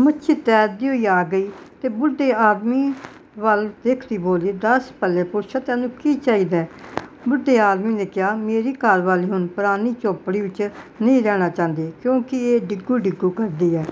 ਮੱਛੀ ਤੈਰਦੀ ਹੋਈ ਆ ਗਈ ਤੇ ਬੁੱਢੇ ਆਦਮੀ ਵੱਲ ਦੇਖਦੀ ਬੋਲੀ, ''ਦੱਸ, ਭਲੇ ਪੁਰਸ਼ ਤੈਨੂੰ ਕੀ ਚਾਹੀਦੈ? " ਬੁੱਢੇ ਆਦਮੀ ਨੇ ਕਿਹਾ,''ਮੇਰੀ ਘਰਵਾਲੀ ਹੁਣ ਪੁਰਾਣੀ ਝੌਂਪੜੀ ਵਿੱਚ ਨ੍ਹੀਂ ਰਹਿਣਾ ਚਾਹੁੰਦੀ ਕਿਉਂਕਿ ਇਹ ਡਿਗੂੰ-ਡਿਗੂੰ ਕਰਦੀ ਐ।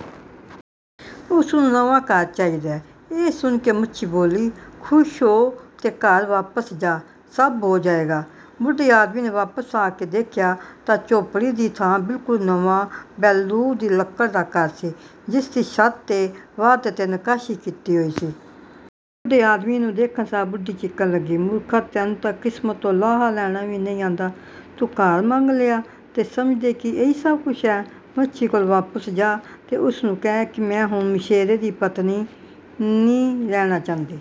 ਉਸ ਨੂੰ ਨਵਾਂ ਘਰ ਚਾਹੀਦੈ। " ਇਹ ਸੁਣ ਕੇ ਮੱਛੀ ਬੋਲੀ,''ਖ਼ੁਸ਼ ਹੋ ਤੇ ਘਰ ਵਾਪਸ ਜਾਹ। ਸਭ ਹੋ ਜਾਵੇਗਾ। " ਬੁੱਢੇ ਆਦਮੀ ਨੇ ਵਾਪਸ ਆ ਕੇ ਦੇਖਿਆ ਤਾਂ ਝੌਂਪੜੀ ਦੀ ਥਾਂ ਬਿਲਕੁਲ ਨਵਾਂ ਬੈਲੂਤ ਦੀ ਲੱਕੜ ਦਾ ਘਰ ਸੀ ਜਿਸ ਦੀ ਛੱਤ ਦੇ ਵਾਧਰੇ 'ਤੇ ਨਕਾਸ਼ੀ ਕੀਤੀ ਹੋਈ ਸੀ। ਬੁੱਢੇ ਆਦਮੀ ਨੂੰ ਦੇਖਣ ਸਾਰ ਬੁੱਢੀ ਚੀਕਣ ਲੱਗੀ, ''ਮੂਰਖਾ, ਤੈਨੂੰ ਤਾਂ ਕਿਸਮਤ ਤੋਂ ਲਾਹਾ ਲੈਣਾ ਵੀ ਨ੍ਹੀਂ ਆਉਂਦਾ। ਤੂੰ ਘਰ ਮੰਗ ਲਿਆ ਤੇ ਸਮਝਦੈਂ ਕਿ ਇਹੀ ਸਭ ਕੁਝ ਹੈ। ਮੱਛੀ ਕੋਲ ਵਾਪਸ ਜਾਹ ਤੇ ਉਸ ਨੂੰ ਕਹਿ ਕਿ ਮੈਂ ਹੁਣ ਮਛੇਰੇ ਦੀ ਪਤਨੀ ਨ੍ਹੀਂ ਰਹਿਣਾ ਚਾਹੁੰਦੀ।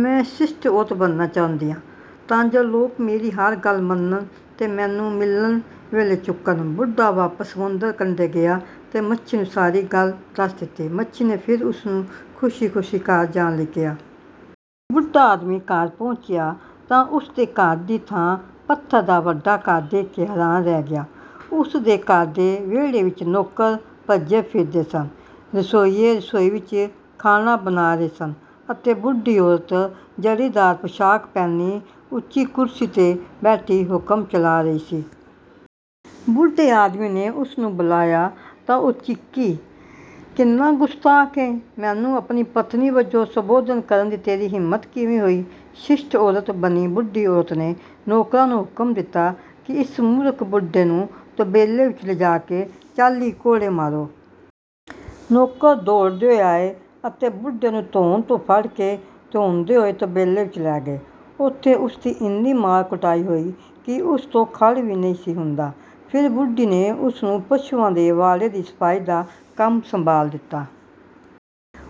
ਮੈਂ ਸ਼ਿਸ਼ਟ ਔਰਤ ਬਣਨਾ ਚਾਹੁੰਦੀ ਹਾਂ ਤਾਂ ਜੋ ਲੋਕ ਮੇਰੀ ਹਰ ਗੱਲ ਮੰਨਣ ਤੇ ਮੈਨੂੰ ਮਿਲਣ ਵੇਲੇ ਝੁਕਣ। " ਬੁੱਢਾ ਵਾਪਸ ਸਮੁੰਦਰ ਕੰਢੇ ਗਿਆ ਤੇ ਮੱਛੀ ਨੂੰ ਸਾਰੀ ਗੱਲ ਦੱਸ ਦਿੱਤੀ। ਮੱਛੀ ਨੇ ਫਿਰ ਉਸ ਨੂੰ ਖ਼ੁਸ਼ੀ ਖ਼ੁਸ਼ੀ ਘਰ ਜਾਣ ਲਈ ਕਿਹਾ। ਬੁੱਢਾ ਆਦਮੀ ਘਰ ਪਹੁੰਚਿਆ ਤਾਂ ਉਸ ਦੇ ਘਰ ਦੀ ਥਾਂ ਪੱਥਰ ਦਾ ਵੱਡਾ ਘਰ ਦੇਖ ਕੇ ਹੈਰਾਨ ਰਹਿ ਗਿਆ। ਉਸ ਦੇ ਘਰ ਦੇ ਵਿਹੜੇ ਵਿੱਚ ਨੌਕਰ ਭੱਜੇ ਫਿਰਦੇ ਸਨ। ਰਸੋਈਏ ਰਸੋਈ ਵਿੱਚ ਖਾਣਾ ਬਣਾ ਰਹੇ ਸਨ ਅਤੇ ਬੁੱਢੀ ਔਰਤ ਜ਼ਰੀਦਾਰ ਪੋਸ਼ਾਕ ਪਹਿਨੀ ਉੱਚੀ ਕੁਰਸੀ 'ਤੇ ਬੈਠੀ ਹੁਕਮ ਚਲਾ ਰਹੀ ਸੀ। ਬੁੱਢੇ ਆਦਮੀ ਨੇ ਉਸ ਨੂੰ ਬੁਲਾਇਆ ਤਾਂ ਉਹ ਚੀਕੀ, ''ਕਿੰਨਾ ਗੁਸਤਾਖ਼ ਐਂ! ਮੈਨੂੰ ਆਪਣੀ ਪਤਨੀ ਵਜੋਂ ਸੰਬੋਧਨ ਕਰਨ ਦੀ ਤੇਰੀ ਹਿੰਮਤ ਕਿਵੇਂ ਹੋਈ? " ਸ਼ਿਸ਼ਟ ਔਰਤ ਬਣੀ ਬੁੱਢੀ ਔਰਤ ਨੇ ਨੌਕਰਾਂ ਨੂੰ ਹੁਕਮ ਦਿੱਤਾ ਕਿ ਇਸ ਮੂਰਖ ਬੁੱਢੇ ਨੂੰ ਤਬੇਲੇ ਵਿੱਚ ਲਿਜਾ ਕੇ ਚਾਲੀ ਕੋੜੇ ਮਾਰੋ। ਨੌਕਰ ਦੌੜਦੇ ਹੋਏ ਆਏ ਅਤੇ ਬੁੱਢੇ ਨੂੰ ਧੌਣ ਤੋਂ ਫੜ੍ਹ ਕੇ ਧੂੰਹਦੇ ਹੋਏ ਤਬੇਲੇ ਵਿੱਚ ਲੈ ਗਏ। ਉੱਥੇ ਉਸ ਦੀ ਐਨੀ ਮਾਰ-ਕੁਟਾਈ ਹੋਈ ਕਿ ਉਸ ਤੋਂ ਖੜ੍ਹ ਵੀ ਨਹੀਂ ਸੀ ਹੁੰਦਾ। ਫਿਰ ਬੁੱਢੀ ਨੇ ਉਸ ਨੂੰ ਪਸ਼ੂਆਂ ਦੇ ਵਾੜੇ ਦੀ ਸਫ਼ਾਈ ਦਾ ਕੰਮ ਸੰਭਾਲ ਦਿੱਤਾ।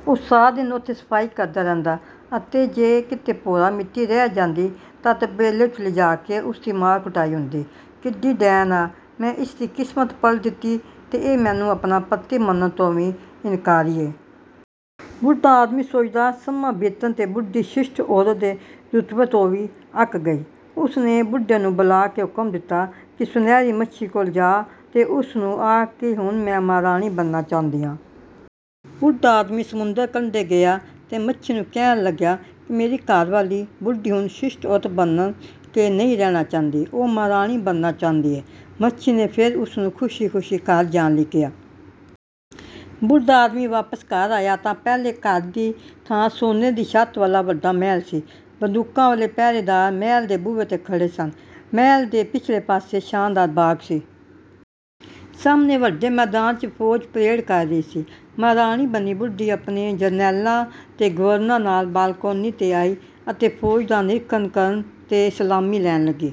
ਉਹ ਸਾਰਾ ਦਿਨ ਉੱਥੇ ਸਫ਼ਾਈ ਕਰਦਾ ਰਹਿੰਦਾ ਅਤੇ ਜੇ ਕਿਤੇ ਭੋਰਾ ਮਿੱਟੀ ਰਹਿ ਜਾਂਦੀ ਤਾਂ ਤਬੇਲੇ ਵਿੱਚ ਲਿਜਾ ਕੇ ਉਸ ਦੀ ਮਾਰ-ਕੁਟਾਈ ਹੁੰਦੀ। ''ਕਿੱਡੀ ਡੈਣ ਆ? ਮੈਂ ਇਸ ਦੀ ਕਿਸਮਤ ਪਲਟ ਦਿੱਤੀ ਤੇ ਇਹ ਮੈਨੂੰ ਆਪਣਾ ਪਤੀ ਮੰਨਣ ਤੋਂ ਵੀ ਇਨਕਾਰੀ ਐ। " ਬੁੱਢਾ ਆਦਮੀ ਸੋਚਦਾ। ਸਮਾਂ ਬੀਤਣ 'ਤੇ ਬੁੱਢੀ ਸ਼ਿਸ਼ਟ ਔਰਤ ਦੇ ਰੁਤਬੇ ਤੋਂ ਵੀ ਅੱਕ ਗਈ। ਉਸ ਨੇ ਬੁੱਢੇ ਨੂੰ ਬੁਲਾ ਕੇ ਹੁਕਮ ਦਿੱਤਾ ਕਿ ਸੁਨਹਿਰੀ ਮੱਛੀ ਕੋਲ ਜਾਹ ਤੇ ਉਸ ਨੂੰ ਆਖ ਕਿ ਹੁਣ ਮੈਂ ਮਹਾਰਾਣੀ ਬਣਨਾ ਚਾਹੁੰਦੀ ਹਾਂ। ਬੁੱਢਾ ਆਦਮੀ ਸਮੁੰਦਰ ਕੰਢੇ ਗਿਆ ਤੇ ਮੱਛੀ ਨੂੰ ਕਹਿਣ ਲੱਗਿਆ ਕਿ ਮੇਰੀ ਘਰਵਾਲੀ ਬੁੱਢੀ ਹੁਣ ਸ਼ਿਸ਼ਟ ਔਰਤ ਬਣ ਕੇ ਨਹੀਂ ਰਹਿਣਾ ਚਾਹੁੰਦੀ। ਉਹ ਮਹਾਰਾਣੀ ਬਣਨਾ ਚਾਹੁੰਦੀ ਐ। ਮੱਛੀ ਨੇ ਫਿਰ ਉਸ ਨੂੰ ਖ਼ੁਸ਼ੀ ਖ਼ੁਸ਼ੀ ਘਰ ਜਾਣ ਲਈ ਕਿਹਾ। ਬੁੱਢਾ ਆਦਮੀ ਵਾਪਸ ਘਰ ਆਇਆ ਤਾਂ ਪਹਿਲੇ ਘਰ ਦੀ ਥਾਂ ਸੋਨੇ ਦੀ ਛੱਤ ਵਾਲਾ ਵੱਡਾ ਮਹਿਲ ਸੀ। ਬੰਦੂਕਾਂ ਵਾਲੇ ਪਹਿਰੇਦਾਰ ਮਹਿਲ ਦੇ ਬੂਹੇ 'ਤੇ ਖੜ੍ਹੇ ਸਨ। ਮਹਿਲ ਦੇ ਪਿਛਲੇ ਪਾਸੇ ਸ਼ਾਨਦਾਰ ਬਾਗ਼ ਸੀ। ਸਾਹਮਣੇ ਵੱਡੇ ਮੈਦਾਨ ਵਿੱਚ ਫ਼ੌਜ ਪਰੇਡ ਕਰ ਰਹੀ ਸੀ। ਮਹਾਰਾਣੀ ਬਣੀ ਬੁੱਢੀ ਆਪਣੇ ਜਰਨੈਲਾਂ ਤੇ ਗਵਰਨਰਾਂ ਨਾਲ ਬਾਲਕੋਨੀ 'ਤੇ ਆਈ ਅਤੇ ਫ਼ੌਜ ਦਾ ਨਿਰੀਖਣ ਕਰਨ ਤੇ ਸਲਾਮੀ ਲੈਣ ਲੱਗੀ।